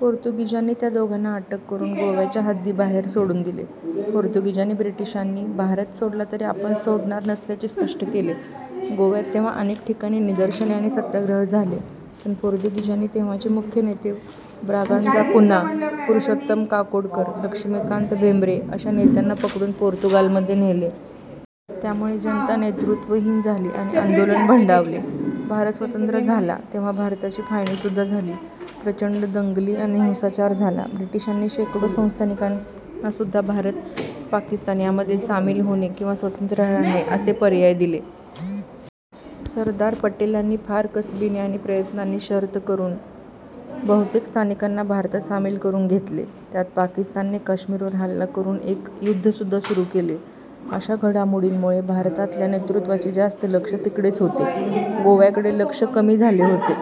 पोर्तुगीजांनी त्या दोघांना अटक करून गोव्याच्या हद्दीबाहेर सोडून दिले. पोर्तुगीजांनी ब्रिटिशांनी भारत सोडला तरी आपण सोडणार नसल्याचे स्पष्ट केले. गोव्यात तेव्हा अनेक ठिकाणी निदर्शने आणि सत्याग्रह झाले, पण पोर्तुगीजांनी तेव्हाचे मुख्य नेते ब्रागांझा कुन्हा, पुरुषोत्तम काकोडकर, लक्ष्मीकांत भेम्बरे अशा नेत्यांना पकडुन पोर्तुगालमध्ये नेले. त्यामुळे जनता नेतृत्वहीन झाली आणि आंदोलन थंडावले. भारत स्वतंत्र झाला तेव्हा भारताची फाळणीसुद्धा झाली. प्रचंड दंगली आणि हिंसाचार झाला. ब्रिटिशांनी शेकडो संस्थानिकांनासुद्धा भारत, पाकिस्तान यामध्ये सामील होणे किंवा स्वतंत्र राहणे असे पर्याय दिले. सरदार पटेलांनी फार कसबीने आणि प्रयत्नांची शर्थ करून बहुतेक संस्थानिकांना भारतात सामील करून घेतले. त्यात पाकिस्तानने काश्मीरवर हल्ला करून एक युद्धसुद्धा सुरु केले. अशा घडामोडींमुळे भारतातल्या नेतृत्वाचे जास्त लक्ष तिकडेच होते, गोव्याकडे लक्ष कमी झाले होते.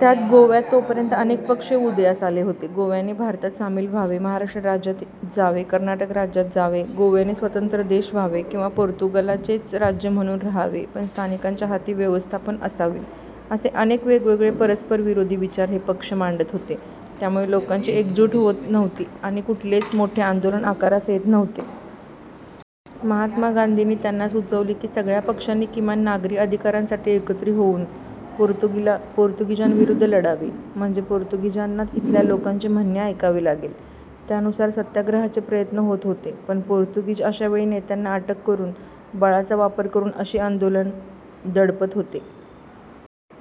त्यात गोव्यात तोपर्यंत अनेक पक्ष उदयास आले होते. गोव्याने भारतात सामील व्हावे, महाराष्ट्र राज्यात जावे. कर्नाटक राज्यात जावे, गोव्याने स्वतंत्र देश व्हावे किंवा पोर्तुगालचेच राज्य म्हणुन राहावे पण स्थानिकांच्या हाती व्यवस्थापन असावे असे अनेक वेगवेगळे परस्परविरोधी विचार हे पक्ष मांडत होते, त्यामुळे लोकांची एकजूट होत नव्हती आणि कुठलेच मोठे आंदोलन आकारास येत नव्हते. महात्मा गांधींनी त्यांना सुचवले कि सगळ्या पक्षांनी किमान नागरी अधिकारांसाठी एकत्र होऊन पोर्तुगीजांविरुद्ध लढावे म्हणजे पोर्तुगीजांना इथल्या लोकांचे म्हणणे ऐकावे लागेल. त्यानुसार सत्याग्रहाचे प्रयत्न होत होते पण पोर्तुगीज अशावेळी नेत्यांना अटक करून बळाचा वापर करून अशी आंदोलने दडपत होते.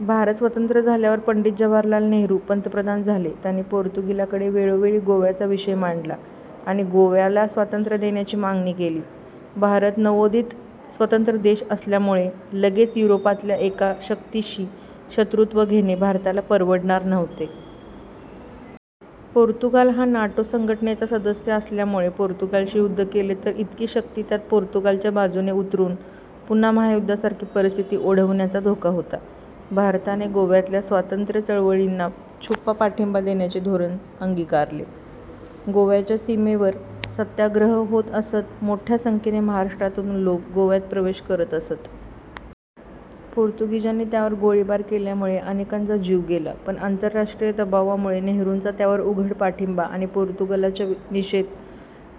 भारत स्वतंत्र झाल्यावर पंडित जवाहरलाल नेहरू पंतप्रधान झाले. त्यांनी पोर्तुगालकडे वेळोवेळी गोव्याचा विषय मांडला आणि गोव्याला स्वातंत्र्य देण्याची मागणी केली. भारत नवोदित स्वतंत्र देश असल्यामुळे लगेच युरोपातल्या एका शक्तीशी शत्रुत्व घेणे भारताला परवडणार नव्हते. पोर्तुगाल हा नाटो संघटनेचा सदस्य असल्यामुळे पोर्तुगालशी युद्ध केले तर इतर शक्ती त्यात पोर्तुगालच्या बाजूने उतरून पुन्हा महायुद्धासारखी परिस्थिती ओढवण्याचा धोका होता. भारताने गोव्यातल्या स्वातंत्र्य चळवळींना छुपा पाठिंबा देण्याचे धोरण अंगिकारले. गोव्याच्या सीमेवर सत्याग्रह होत असत, मोठ्या संख्येने महाराष्टरातून लोक गोव्यात प्रवेश करत असत. पोर्तुगीजांनी त्यावर गोळीबार केल्यामुळे अनेकांचा जीव गेला, पण आंतरराष्ट्रीय दबावामुळे नेहरूंना त्यावर उघड पाठिंबा किंवा पोर्तुगालच्या निषेध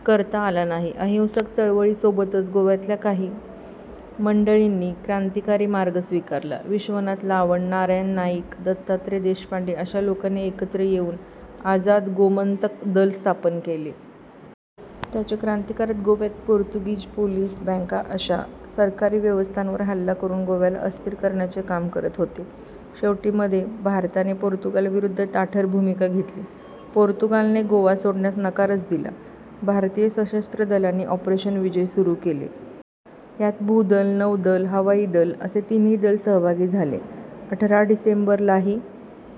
करता आला नाही. अहिंसक चळवळीसोबतच गोव्यातल्या काही मंडळींनी क्रांतिकारी मार्ग स्वीकारला. विश्वनाथ लावंड, नारायण नाईक, दत्तात्रय देशपांडे अशा लोकांनी एकत्र येऊन आझाद गोमंतक दल स्थापन केले. त्यांचे क्रांतिकारक गोव्यात पोर्तुगीज पोलीस, बँक अशा सरकारी व्यवस्थांवर हल्ला करून गोव्याला अस्थिर करण्याचे काम करत होते. शेवटी मध्ये भारताने पोर्तुगालविरुद्ध ताठर भूमिका घेतली. पोर्तुगालने गोवा सोडण्यास नकारच दिला. भारतीय सशस्त्र दलांनी ऑपरेशन विजय सुरु केले. ह्यात भूदल, नौदल, हवाई दल असे तिन्ही दल सहभागी झाले. अठरा डिसेंबर ला हि